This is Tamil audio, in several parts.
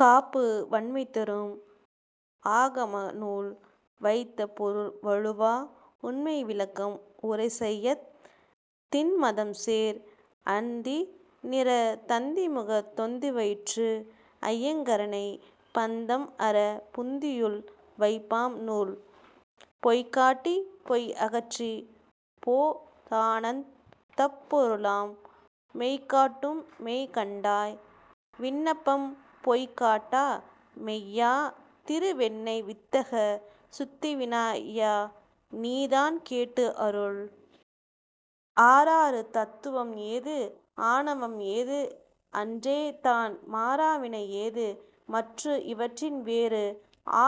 காப்பு வண்மைதரும் ஆகமநூல் வைத்த பொருள் வழுவா உண்மைவிளக்கம் உரைசெய்யத் திண்மதம்சேர் அந்திநிறத் தந்திமுகத் தொந்திவயிற்று ஐங்கரனைப் பந்தம் அறப் புந்தியுள் வைப்பாம் நூல் பொய்காட்டிப் பொய் அகற்றிப் போதானந் தப்பொருளாம் மெய்காட்டும் மெய்கண்டாய் விண்ணப்பம் பொய்காட்டா மெய்யா திருவெண்ணை வித்தகா சுத்தவினா ஐயாநீ தான் கேட்டு அருள். ஆறாறு தத்துவம் ஏது? ஆணவம் ஏது? அன்றே தான் மாறா வினை ஏது? மற்று இவற்றின் வேறு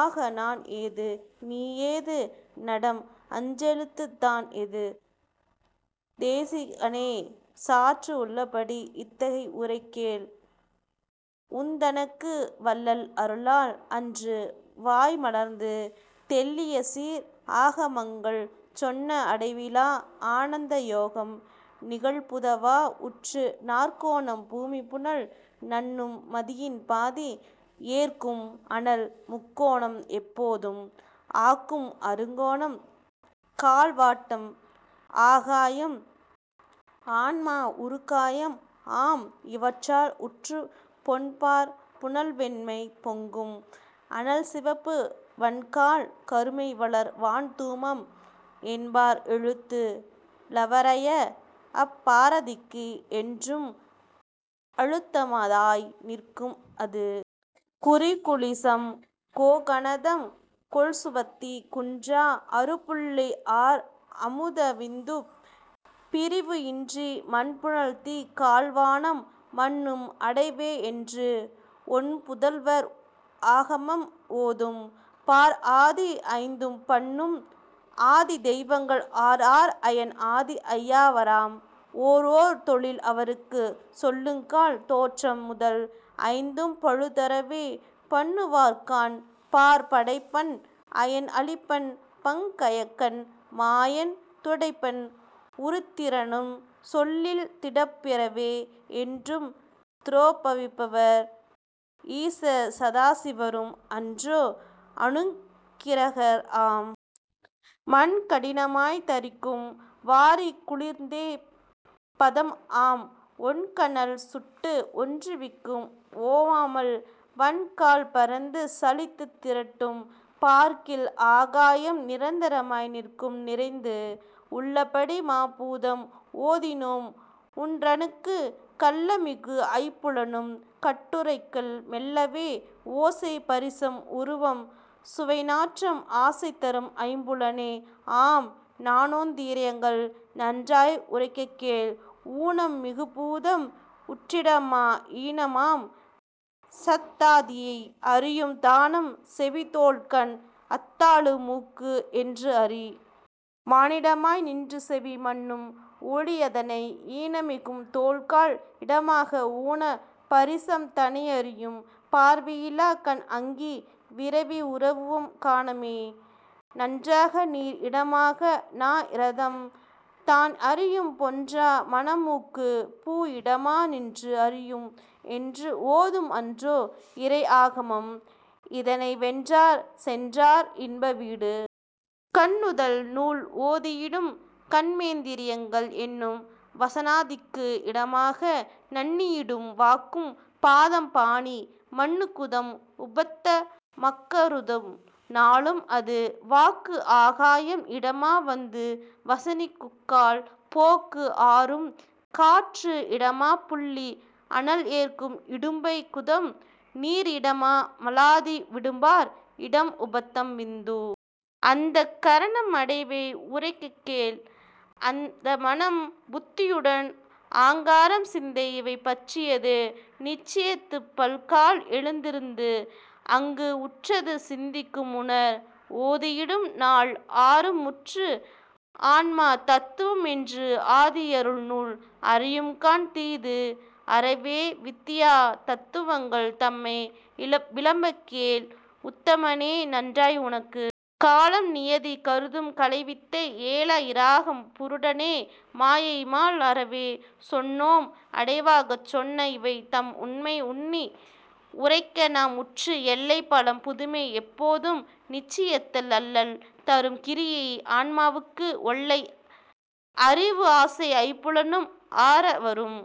ஆகா நான் ஏது? நீ ஏது? நடம் அஞ்செழுத்துத் தான் ஏது? தேசிகனே சாற்று உள்ளபடி இத்தை உரைக்கக்கேள் உந்தனக்கு வள்ளல் அருளால் அன்று வாய்மலர்ந்து தெள்ளியசீர் ஆகமங்கள் சொன்ன அடைவிலே ஆனந்த யோகம் நிகழ் புதல்வா உற்று நாற்கோணம் பூமிபுனல் நண்ணும் மதியின்பாதி ஏற்கும் அனல் முக்கோணம் எப்போதும் ஆக்கும் அறுகோணம் கால்வட்டம் ஆகாயம் ஆன்மா உறுகாயம் ஆம் இவற்றால் உற்று பொன்பார் புனல்வெண்மை பொங்கும் அனல்சிவப்பு வன்கால் கருமைவளர் வான்தூமம் என்பார் எழுத்து லவரய அப்பாராதிக்கு என்றும் அழுத்தமதாய் நிற்கும் அது. குறிகுலிசம் கோகனதம் கொள்சுவத்தி குன்றா அறுபுள்ளி ஆர் அமுத விந்துப் பிறிவு இன்றி மண்புனல்தீக் கால்வானம் மன்னும் அடைவேஎன்று ஒண்புதல்வா ஆகமம் ஓதும். பார் ஆதி ஐந்தும் பன்னும் அதி தெய்வங்கள் ஆர் ஆர் அயன் ஆதி ஐவராம் ஓர் ஓர் தொழில் அவர்க்குச் சொல்லுங்கால் தோற்றம் முதல் ஐந்தும் பழுதறவே பண்ணுவர்காண் பார் படைப்பன் அயன் அளிப்பன் பங்கயக்கண் மாயன் துடைப்பன் உருத்திரனும் சொல்லில் திடப்பெறவே என்றும் திரோபவிப்பர் ஈசர் சதாசிவரும் அன்றே அநுக்கிரகர் ஆம். மண்கடினமாய்த் தரிக்கும் வாரிகுளிர்ந்தே பதம் ஆம் ஒண்கனல் சுட்டு ஒன்றுவிக்கும் ஓவாமல் வண்கால் பரந்து சலித்துத் திரட்டும் பார்க்கில் ஆகாயம் நிரந்தரமாய் நிற்கும் நிறைந்து. உள்ளபடி மாபூதம் ஓதினோம் உன்றனக்குக் கள்ளம்மிகும் ஐம்புலனும் கட்டுரைக்கில் மெள்ளவே ஓசை பரிசம் உருவம் சுவைநாற்றம் ஆசைதரும் ஐம்புலனே ஆம் ஞானேந் திரியங்கள் நன்றாய்க் உரைக்கக்கேள் ஊனம் மிகுபூதம் உற்றிடமா ஈனமாம் சத்தாதியை அறியும் தானம் செவிதோல்கண் அத்தாலு மூக்கு என்று அறி. வானிடமாய் நின்றுசெவி மன்னும் ஒலியதனை ஈனமிகும் தோல்கால் இடமாக ஊனப் பரிசம் தனை அறியும் பார்வையிலாகண் அங்கி விரவி உருவம் காணுமே. நன்றாக நீர் இடமாக நாஇரதம் தான் அறியும் பொன்றா மணம்மூக்கும் பூ இடமா நின்று அறியும் என்று ஓதும் அன்றோ இறை ஆகமம் இதனை வென்றார் சென்றார் இன்ப வீடு. கண்நுதல் நூல் ஓதியிடும் கன்மேந்திரியங்கள் எண்ணும் வசனாதிக்கு இடமாக நண்ணியிடும் வாக்குப் பாதம்பாணி மன்னு குதம் உபத்த மாக்கருதும் நாளும் அது. வாக்கு ஆகாயம் இடமா வந்து வசனிக்குக்கால் போக்கு ஆரும் காற்று இடமாப் புல்கி அனல் ஏற்கும் இடும்பை குதம் நீர் இடமா மலாதி விடும்பார் இடம் உபத்தம் விந்து. அந்தக் கரணம் அடைவே உரைக்ககேள் அந்தமனம் புத்தியுடன் ஆங்காரம் சிந்தை இவை பற்றியது நிச்சயித்துப் பல்கால் எழுந்திருந்து அங்கு உற்றது சிந்திக்கும் உணர். ஓதியிடும் நால் ஆறும் உற்று ஆன்ம தத்துவம் என்று ஆதி அருள்நூல் அறையும்காண் தீது அறவே வித்தியா தத்துவங்கள் தம்மை விளம்ப்பக்கேள் உத்தமனே நன்றாய் உனக்கு. காலம்நியதி கருதும் கலைவித்தை ஏல இராகம் புருடனே மாயை மால் அறவே சொன்னோம் அடைவாகச் சொன்ன இவை தம் உண்மை உன்னி உரைக்க நாம் உற்று எல்லை பலம் புதுமை எப்போதும் நிச்சயித்தல் அல்லல் தரும் கிரியை ஆன்மாவுக்கு ஒல்லை அறிவு ஆசை ஐம்புலனும் ஆரவரும்